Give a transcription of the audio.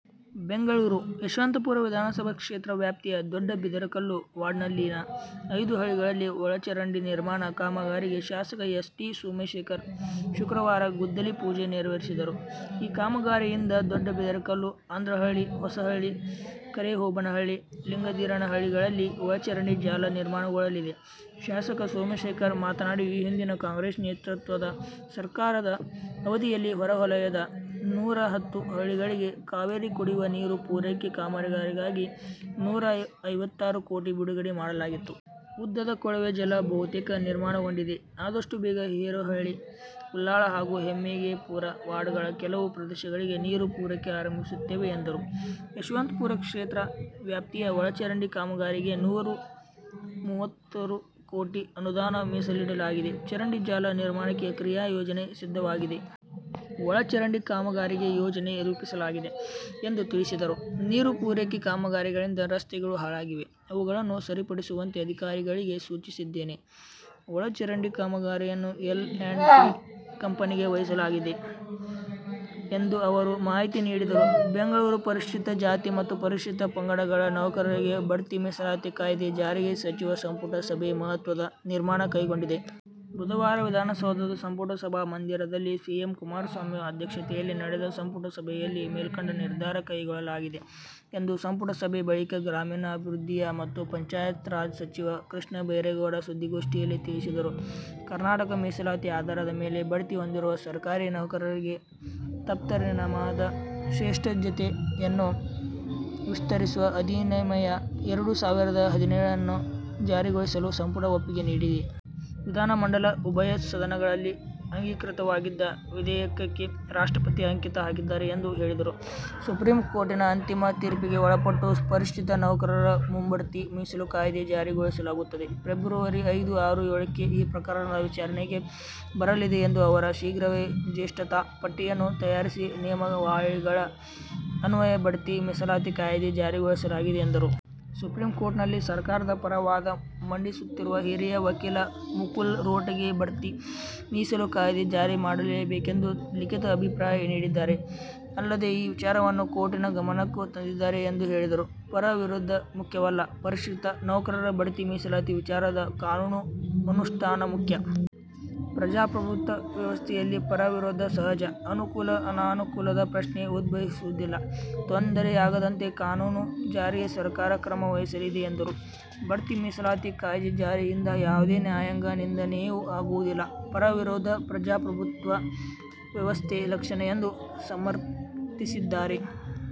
ಬೆಂಗಳೂರು: ಯಶವಂತಪುರ ವಿಧಾನಸಭಾ ಕ್ಷೇತ್ರ ವ್ಯಾಪ್ತಿಯ ದೊಡ್ಡಬಿದರಕಲ್ಲು ವಾರ್ಡ್ನಲ್ಲಿನ ಐದು ಹಳ್ಳಿಗಳಲ್ಲಿ ಒಳಚರಂಡಿ ನಿರ್ಮಾಣ ಕಾಮಗಾರಿಗೆ ಶಾಸಕ ಎಸ್. ಟಿ. ಸೋಮಶೇಖರ್ ಶುಕ್ರವಾರ ಗುದ್ದಲಿ ಪೂಜೆ ನೆರವೇರಿಸಿದರು. ಈ ಕಾಮಗಾರಿಯಿಂದ ದೊಡ್ಡಬಿದರಕಲ್ಲು, ಅಂದ್ರಹಳ್ಳಿ, ಹೊಸಹಳ್ಳಿ, ಕರಿಹೋಬನಹಳ್ಳಿ, ಲಿಂಗಧೀರನಹಳ್ಳಿಗಳಲ್ಲಿ ಒಳಚರಂಡಿ ಜಾಲ ನಿರ್ಮಾಣಗೊಳ್ಳಲಿದೆ. ಶಾಸಕ ಸೋಮಶೇಖರ್ ಮಾತನಾಡಿ, 'ಈ ಹಿಂದಿನ ಕಾಂಗ್ರೆಸ್ ನೇತೃತ್ವದ ಸರ್ಕಾರದ ಅವಧಿಯಲ್ಲಿ ಹೊರಹೊಲಯದ ನೂರ ಹತ್ತು ಹಳ್ಳಿಗಳಿಗೆ ಕಾವೇರಿ ಕುಡಿಯುವ ನೀರು ಪೂರೈಕೆ ಕಾಮಗಾರಿಗಾಗಿ ನೂರ ಐವತ್ತಾರು ಕೋಟಿ ಬಿಡುಗಡೆ ಮಾಡಲಾಗಿತ್ತು. ಉದ್ದದ ಕೊಳವೆ ಜಲ ಬಹುತೇಕ ನಿರ್ಮಾಣಗೊಂಡಿದೆ. ಆದಷ್ಟು ಬೇಗ ಹೇರೋಹಳ್ಳಿ, ಉಲ್ಲಾಳ ಹಾಗೂ ಹೆಮ್ಮಿಗೆಪುರ ವಾರ್ಡ್ಗಳ ಕೆಲವು ಪ್ರದೇಶಗಳಿಗೆ ನೀರು ಪೂರೈಕೆ ಆರಂಭಿಸುತ್ತೇವೆ' ಎಂದರು. 'ಯಶವಂತಪುರ ಕ್ಷೇತ್ರ ವ್ಯಾಪ್ತಿಯ ಒಳಚರಂಡಿ ಕಾಮಗಾರಿಗೆ ನೂರ ಮೂವತ್ಮೂರು ಕೋಟಿ ಅನುದಾನ ಮೀಸಲಿಡಲಾಗಿದೆ. ಚರಂಡಿ ಜಾಲ ನಿರ್ಮಾಣಕ್ಕೆ ಕ್ರಿಯಾ ಯೋಜನೆ ಸಿದ್ಧವಾಗಿದೆ. ಒಳಚರಂಡಿ ಕಾಮಗಾರಿಗೆ ಯೋಜನೆ ರೂಪಿಸಲಾಗಿದೆ' ಎಂದು ತಿಳಿಸಿದರು. 'ನೀರು ಪೂರೈಕೆ ಕಾಮಗಾರಿಗಳಿಂದ ರಸ್ತೆಗಳು ಹಾಳಾಗಿವೆ. ಅವುಗಳನ್ನು ಸರಿಪಡಿಸುವಂತೆ ಅಧಿಕಾರಿಗಳಿಗೆ ಸೂಚಿಸಿದ್ದೇನೆ. ಒಳಚರಂಡಿ ಕಾಮಗಾರಿಯನ್ನು ಎಲ್ ಆ್ಯಂಡ್ ಟಿ ಕಂಪನಿಗೆ ವಹಿಸಲಾಗಿದೆ' ಎಂದು ಅವರು ಮಾಹಿತಿ ನೀಡಿದರು. ಬೆಂಗಳೂರು, ಪರಿಶಿಷ್ಟ ಜಾತಿ ಮತ್ತು ಪರಿಶಿಷ್ಟ ಪಂಗಡಗಳ ನೌಕರರಿಗೆ ಭಡ್ತಿ ಮೀಸಲಾತಿ ಕಾಯ್ದೆ ಜಾರಿಗೆ ಸಚಿವ ಸಂಪುಟ ಸಭೆ ಮಹತ್ವದ ತೀರ್ಮಾನ ಕೈಗೊಂಡಿದೆ. ಬುಧವಾರ ವಿಧಾನಸೌಧದ ಸಂಪುಟ ಸಭಾ ಮಂದಿರದಲ್ಲಿ ಸಿಎಂ ಕುಮಾರಸ್ವಾಮಿ ಅಧ್ಯಕ್ಷತೆಯಲ್ಲಿ ನಡೆದ ಸಂಪುಟ ಸಭೆಯಲ್ಲಿ ಮೇಲ್ಕಂಡ ನಿರ್ಧಾರ ಕೈಗೊಳ್ಳಲಾಗಿದೆ ಎಂದು ಸಂಪುಟ ಸಭೆ ಬಳಿಕ ಗ್ರಾಮೀಣಾಭಿವೃದ್ಧಿ ಮತ್ತು ಪಂಚಾಯತ್ ರಾಜ್ ಸಚಿವ ಕೃಷ್ಣ ಬೈರೇಗೌಡ ಸುದ್ದಿಗೋಷ್ಠಿಯಲ್ಲಿ ತಿಳಿಸಿದರು. ಕರ್ನಾಟಕ ಮೀಸಲಾತಿ ಆಧಾರದ ಮೇಲೆ ಭಡ್ತಿ ಹೊಂದಿರುವ ಸರಕಾರಿ ನೌಕರರಿಗೆ ತತ್ಪರಿಣಾಮದ ಜೇಷ್ಠತೆಯನ್ನು ವಿಸ್ತರಿಸುವ ಅಧಿನಿಯಮ – ಎರಡು ಸಾವಿರದ ಹದಿನೇಳನ್ನು ಜಾರಿಗೊಳಿಸಲು ಸಂಪುಟ ಒಪ್ಪಿಗೆ ನೀಡಿದೆ. ವಿಧಾನ ಮಂಡಲ ಉಭಯ ಸದನಗಳಲ್ಲಿ ಅಂಗೀಕೃತವಾಗಿದ್ದ ವಿಧೇಯಕಕ್ಕೆ ರಾಷ್ಟ್ರಪತಿ ಅಂಕಿತ ಹಾಕಿದ್ದಾರೆ ಎಂದು ಹೇಳಿದರು. ಸುಪ್ರೀಂ ಕೋರ್ಟಿನ ಅಂತಿಮ ತೀರ್ಪಿಗೆ ಒಳಪಟ್ಟು ಪರಿಶಿಷ್ಟ ನೌಕರರ ಮುಂಭಡ್ತಿ ಮೀಸಲು ಕಾಯ್ದೆ ಜಾರಿಗೊಳಿಸಲಾಗುತ್ತದೆ. ಫೆಬ್ರವರಿ ಐದು, ಆರು, ಏಳಕ್ಕೆ ಈ ಪ್ರಕರಣದ ವಿಚಾರಣೆಗೆ ಬರಲಿದೆ ಎಂದ ಅವರು, ಶೀಘ್ರವೇ ಜೇಷ್ಠತಾ ಪಟ್ಟಿಯನ್ನು ತಯಾರಿಸಿ ನಿಯಮಾವಳಿಗಳ ಅನ್ವಯ ಭಡ್ತಿ ಮೀಸಲಾತಿ ಕಾಯ್ದೆ ಜಾರಿಗೊಳಿಸಲಾಗಿದೆ ಎಂದರು. ಸುಪ್ರೀಂ ಕೋರ್ಟ್ನಲ್ಲಿ ಸರಕಾರದ ಪರ ವಾದ ಮಂಡಿಸುತ್ತಿರುವ ಹಿರಿಯ ವಕೀಲ ಮುಕುಲ್ ರೋಟಗಿ ಭಡ್ತಿ ಮೀಸಲು ಕಾಯ್ದೆ ಜಾರಿ ಮಾಡಲೇಬೇಕೆಂದು ಲಿಖಿತ ಅಭಿಪ್ರಾಯ ನೀಡಿದ್ದಾರೆ. ಅಲ್ಲದೆ, ಈ ವಿಚಾರವನ್ನು ಕೋರ್ಟಿನ ಗಮನಕ್ಕೂ ತಂದಿದ್ದಾರೆ ಎಂದು ಹೇಳಿದರು. ಪರ – ವಿರೋಧ ಮುಖ್ಯವಲ್ಲ: ಪರಿಶಿಷ್ಟ ನೌಕರರ ಭಡ್ತಿ ಮೀಸಲಾತಿ ವಿಚಾರದಲ್ಲಿ ಕಾನೂನು ಅನುಷ್ಟಾನ ಮುಖ್ಯ. ಪ್ರಜಾಪ್ರಭುತ್ವ ವ್ಯವಸ್ಥೆಯಲ್ಲಿ ಪರ – ವಿರೋಧ ಸಹಜ. ಅನುಕೂಲ, ಅನಾನುಕೂಲದ ಪ್ರಶ್ನೆ ಉದ್ಭವಿಸುವುದಿಲ್ಲ. ತೊಂದರೆಯಾಗದಂತೆ ಕಾನೂನು ಜಾರಿಗೆ ಸರಕಾರ ಕ್ರಮ ವಹಿಸಲಿದೆ ಎಂದರು. ಭಡ್ತಿ ಮೀಸಲಾತಿ ಕಾಯ್ದೆ ಜಾರಿಯಿಂದ ಯಾವುದೇ ನ್ಯಾಯಾಂಗ ನಿಂದನೆಯೂ ಆಗುವುದಿಲ್ಲ. ಪರ – ವಿರೋಧ ಪ್ರಜಾಪ್ರಭುತ್ವ ವ್ಯವಸ್ಥೆ ಲಕ್ಷಣ ಎಂದು ಸಮರ್ಥಿಸಿದ್ದಾರೆ.